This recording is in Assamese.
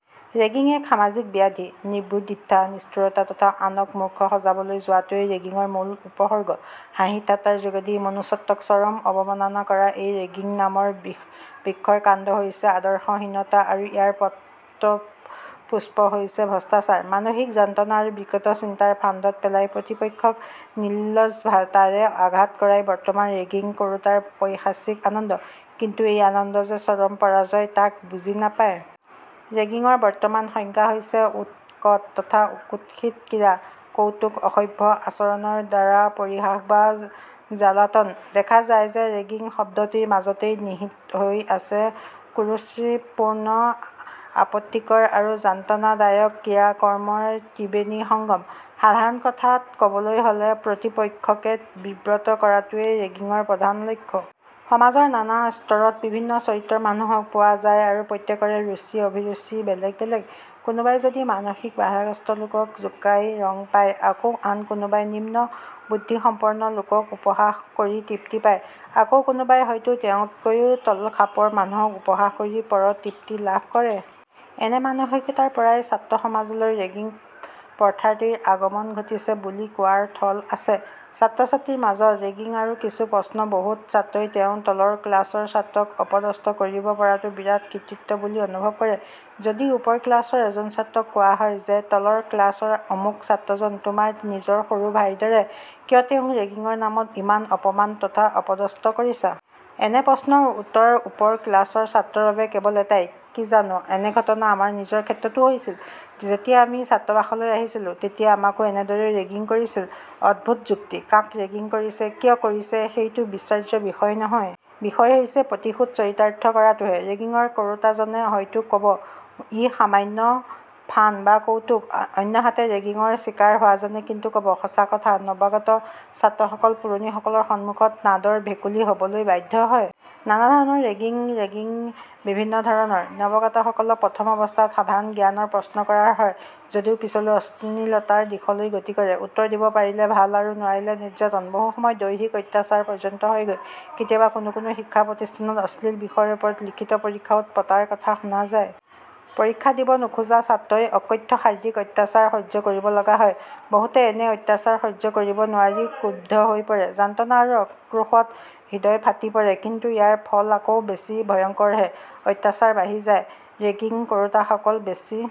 ৰেগিং এক সামাজিক ব্যাধি। নিৰ্বুদ্ধিতা, নিষ্ঠুৰতা তথা আনক মূৰ্খ সজাবলৈ যোৱাটোৱেই ৰেগিঙৰ মূল উপসৰ্গ। হাঁহি-ঠাট্টাৰ যোগেদি মনুষ্যত্বক চৰম অবমাননা কৰা এই ৰেগিং নামৰ বিষবৃক্ষৰ কাণ্ড হৈছে আদৰ্শহীনতা আৰু ইয়াৰ পত্ৰপুষ্প হৈছে ভ্ৰষ্টাচাৰ। মানসিক যন্ত্ৰণা আৰু বিকৃত চিন্তাৰ ফান্দত পেলাই প্ৰতিপক্ষক নিলজ্জতাৰে আঘাত কৰাই বৰ্তমান ৰেগিং কৰোতাৰ পৈশাচিক আনন্দ ৷ কিন্তু এই আনন্দ যে চৰম পৰাজয় তাক বুজি নাপায়। ৰেগিঙৰ বৰ্তমান সংজ্ঞা হৈছে উৎকট তথা কুৎসিত ক্ৰীড়া কৌতুক; অসভ্য আচৰণৰ দ্বাৰা পৰিহাস বা জ্বালাতন। দেখা যায় যে ৰেগিং শব্দটিৰ মাজতেই নিহিত হৈ আছে কুৰুচিপূৰ্ণ, আপত্তিকৰ আৰু যন্ত্ৰণাদায়ক ক্ৰিয়াকৰ্মৰ ত্ৰিবেণীসংগম। সাধাৰণ কথাত ক'বলৈ হ'লে প্ৰতিপক্ষকে বিব্ৰত কৰাটোৱেই ৰেগিঙৰ প্ৰধান লক্ষ্য। সমাজৰ নানা স্তৰত ভিন্ন চৰিত্ৰৰ মানুহক পোৱা যায় আৰু প্ৰত্যেকৰে ৰুচি-অভিৰুচি বেলেগ বেলেগ। কোনোবাই যদি মানসিক বাধাগ্ৰস্ত লোকক জোকাই ৰং পায় আকৌ আন কোনোবাই নিম্ন বুদ্ধিসম্পন্ন লোকক উপহাস কৰি তৃপ্তি পায়। আকৌ কোনোবাই হয়তো তেওঁতকৈ তলখাপৰ মানুহক উপহাস কৰি পৰিভৃপ্তি লাভ কৰে। এনে মানসিকতাৰ পৰাই ছাত্ৰসমাজলৈ ৰেগিং প্ৰথাটিৰ আগমন ঘটিছে বুলি কোৱাৰ থল আছে। ছাত্ৰ-ছাত্ৰীৰ মাজত ৰেগিং আৰু কিছু প্ৰশ্ন বহু ছাত্ৰই তেওঁৰ তলৰ ক্লাচৰ ছাত্ৰক অপদস্থ কৰিব পৰাটো বিৰাট কৃতিত্ব বুলি অনুভৱ কৰে। যদি ওপৰ ক্লাচৰ এজন ছাত্ৰক কোৱা হয় যে, তলৰ ক্লাচৰ অমুক ছাত্ৰজন তোমাৰ নিজৰ সৰু ভাইৰ দৰে, কিয় তেওঁক ৰেগিঙৰ নামত ইমান অপমান তথা অপদস্থ কৰিছা? এনে প্ৰশ্নৰ উত্তৰ ওপৰ ক্লাছৰ ছাত্ৰৰ বাবে কেৱল এটাই- "কি জানো, এনে ঘটনা আমাৰ নিজৰ ক্ষেত্ৰতো হৈছিল। যেতিয়া আমি ছাত্ৰাবাসলৈ আহিছিলো তেতিয়া আমাকো এনেদৰেই ৰেগিং কৰিছিল। " অদ্ভুত যুক্তি, কাক ৰেগিং কৰিছে, কিয় কৰিছে সেইটো বিচাৰ্য বিষয় নহয়। বিষয় হৈছে প্ৰতিশোধ চৰিতাৰ্থ কৰাটোহে। ৰেগিং কৰোতাজনে হয়তো ক'ব- ই সামান্য 'ফান' বা কৌতুক। অন্যহাতে ৰেগিঙৰ চিকাৰ হোৱাজনে কিন্তু ক'ব, ",."! সঁচা কথা, নবাগত ছাত্ৰসকল পুৰণিসকলৰ সন্মুখত নাদৰ ভেকুলী হ'বলৈ বাধ্য হয়। নানাধৰণৰ ৰেগিং ৰেগিংবিভিন্ন ধৰণৰ। নবাগতসকলক প্ৰথম অৱস্থাত সাধাৰণ জ্ঞানৰ প্ৰশ্ন কৰা হয় যদিও পিছলৈ অশ্লীলতাৰ দিশলৈ গতি কৰে। উত্তৰ দিব পাৰিলে ভাল আৰু নোৱাৰিলে নিৰ্যাতন। বহুসময়ত দৈহিক অত্যাচাৰ পৰ্যন্ত হয়গৈ। কেতিয়াবা কোনো কোনো শিক্ষা প্ৰতিষ্ঠানত অশ্লীল বিষয়ৰ ওপৰত লিখিত পৰীক্ষাও পতাৰ কথা শুনা যায়। পৰীক্ষা দিব নোখোজা ছাত্ৰই অকথ্য শাৰীৰিক অত্যাচাৰ সহ্য কৰিবলগা হয়। বহুতে এনে অত্যাচাৰ সহ্য কৰিব নোৱাৰি ক্ৰুদ্ধ হৈ পৰে৷ যন্ত্ৰণা আৰু আক্ৰোশত হৃদয় ফাটি পৰে; কিন্তু ইয়াৰ ফল আকৌ বেছি ভয়ঙ্কৰহে। অত্যাচাৰ বাঢ়ি যায়, ৰেগিং কৰোতাসকল বেছি